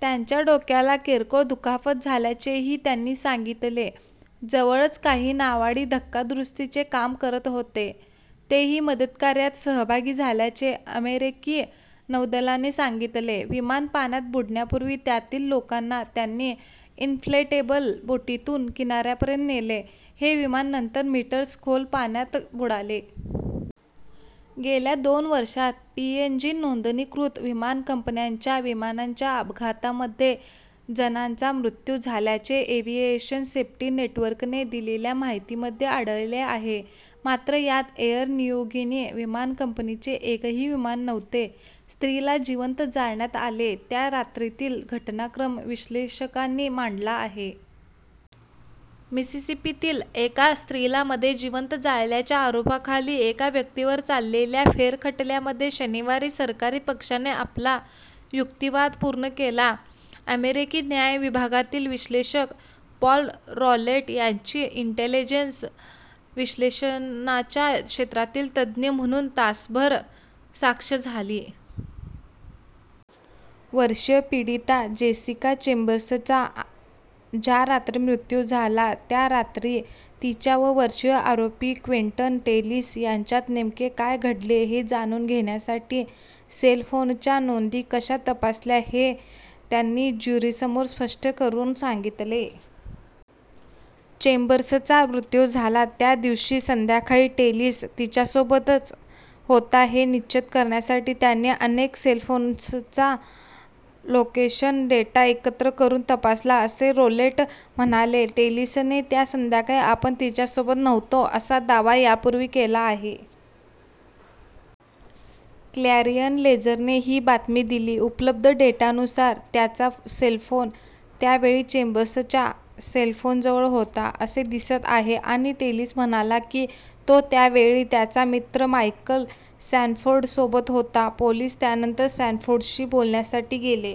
त्यांच्या डोक्याला किरकोळ दुखापत झाल्याचेही त्यांनी सांगितले. जवळच काही नावाडी धक्का दुरुस्तीचे काम करत होते. तेही मदतकार्यात सहभागी झाल्याचे अमेरिकी नौदलाने सांगितले. विमान पाण्यात बुडण्यापूर्वी त्यातील लोकांना त्यांनी इनफ्लेटेबल बोटीतून किनाऱ्यापर्यंत नेले. हे विमान नंतर मीटर्स खोल पाण्यात बुडाले. गेल्या दोन वर्षांत पीएनजी-नोंदणीकृत विमान कंपन्यांच्या विमानांच्या अपघातांमध्ये जणांचा मृत्यू झाल्याचे एव्हिएशन सेफ्टी नेटवर्कने दिलेल्या माहितीमध्ये आढळले आहे. मात्र, यात एअर नियुगिनी विमान कंपनीचे एकही विमान नव्हते. स्त्रीला जिवंत जाळण्यात आले त्या रात्रीतील घटनाक्रम विश्लेषकांनी मांडला आहे. मिसिसिपीतील एका स्त्रीला मध्ये जिवंत जाळल्याच्या आरोपाखाली एका व्यक्तीवर चाललेल्या फेरखटल्यामध्ये शनिवारी सरकारी पक्षाने आपला युक्तिवाद पूर्ण केला. अमेरिकी न्याय विभागातील विश्लेषक पॉल रॉलेट यांची इंटेलिजन्स विश्लेषणाच्या क्षेत्रातील तज्ज्ञ म्हणून तासभर साक्ष झाली. वर्षीय पीडिता जेसिका चेंबर्सचा ज्या रात्री मृत्यू झाला, त्या रात्री तिच्या व वर्षीय आरोपी क्विंटन टेलीस यांच्यात नेमके काय घडले हे जाणून घेण्यासाठी सेलफोनच्या नोंदी कशा तपासल्या हे त्यांनी ज्युरींसमोर स्पष्ट करून सांगितले. चेंबर्सचा मृत्यू झाला त्या दिवशी संध्याकाळी टेलीस तिच्यासोबतच होता हे निश्चित करण्यासाठी त्यांनी अनेक सेलफोन्सचा लोकेशन डेटा एकत्र करून तपासला असे रॉलेट म्हणाले. टेलीसने त्या संध्याकाळी आपण तिच्यासोबत नव्हतो असा दावा यापूर्वी केला आहे. क्लॅरियन लेजरने ही बातमी दिली. उपलब्ध डेटानुसार त्याचा सेलफोन त्या वेळी चेंबर्सच्या सेलफोन जवळ होता, असे दिसत आहे आणि टेलीस म्हणाला की, तो त्या वेळी त्याचा मित्र मायकल सॅनफोर्डसोबत होता. पोलिस त्यानंतर सॅनफोर्डशी बोलण्यासाठी गेले.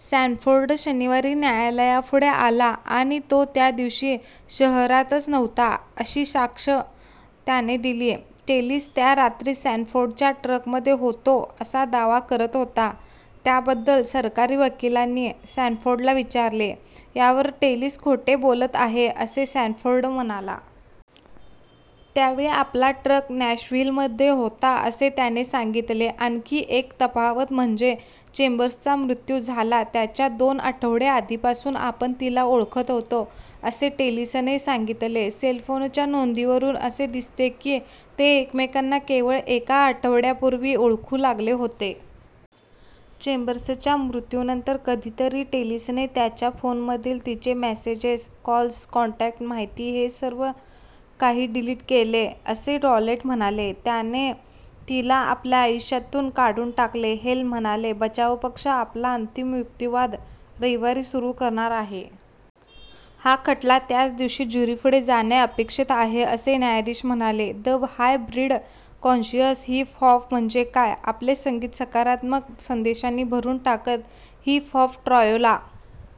सॅनफोर्ड शनिवारी न्यायालयापुढे आला आणि तो त्या दिवशी शहरातच नव्हता, अशी साक्ष त्याने दिली. टेलीस त्या रात्री सॅनफोर्डच्या ट्रकमध्ये होतो असा दावा करत होता, त्याबद्दल सरकारी वकिलांनी सॅनफोर्डला विचारले. यावर टेलिस खोटे बोलत आहे, असे सॅनफोर्ड म्हणाला. त्यावेळी आपला ट्रक नॅशव्हिलमध्ये होता, असे त्याने सांगितले. आणखी एक तफावत म्हणजे चेंबर्सचा मृत्यू झाला त्याच्या दोन आठवडे आधीपासून आपण तिला ओळखत होतो, असे टेलीसने सांगितले. सेलफोनच्या नोंदींवरून असे दिसते की ते एकमेकांना केवळ एका आठवड्यापूर्वी ओळखू लागले होते. चेंबर्सच्या मृत्यूनंतर कधीतरी टेलीसने त्याच्या फोनमधील तिचे मेसेजेस, कॉल्स, काँटॅक्ट माहिती हे सर्व काही डिलीट केले, असे रॉलेट म्हणाले. "त्याने तिला आपल्या आयुष्यातून काढून टाकले," हेल म्हणाले. बचावपक्ष आपला अंतिम युक्तिवाद रविवारी सुरू करणार आहे. हा खटला त्याच दिवशी ज्युरींपुढे जाणे अपेक्षित आहे, असे न्यायाधीश म्हणाले. The high breed: conscious hip hop म्हणजे काय? आपले संगीत सकारात्मक संदेशांनी भरून टाकत हिप हॉप ट्रायोला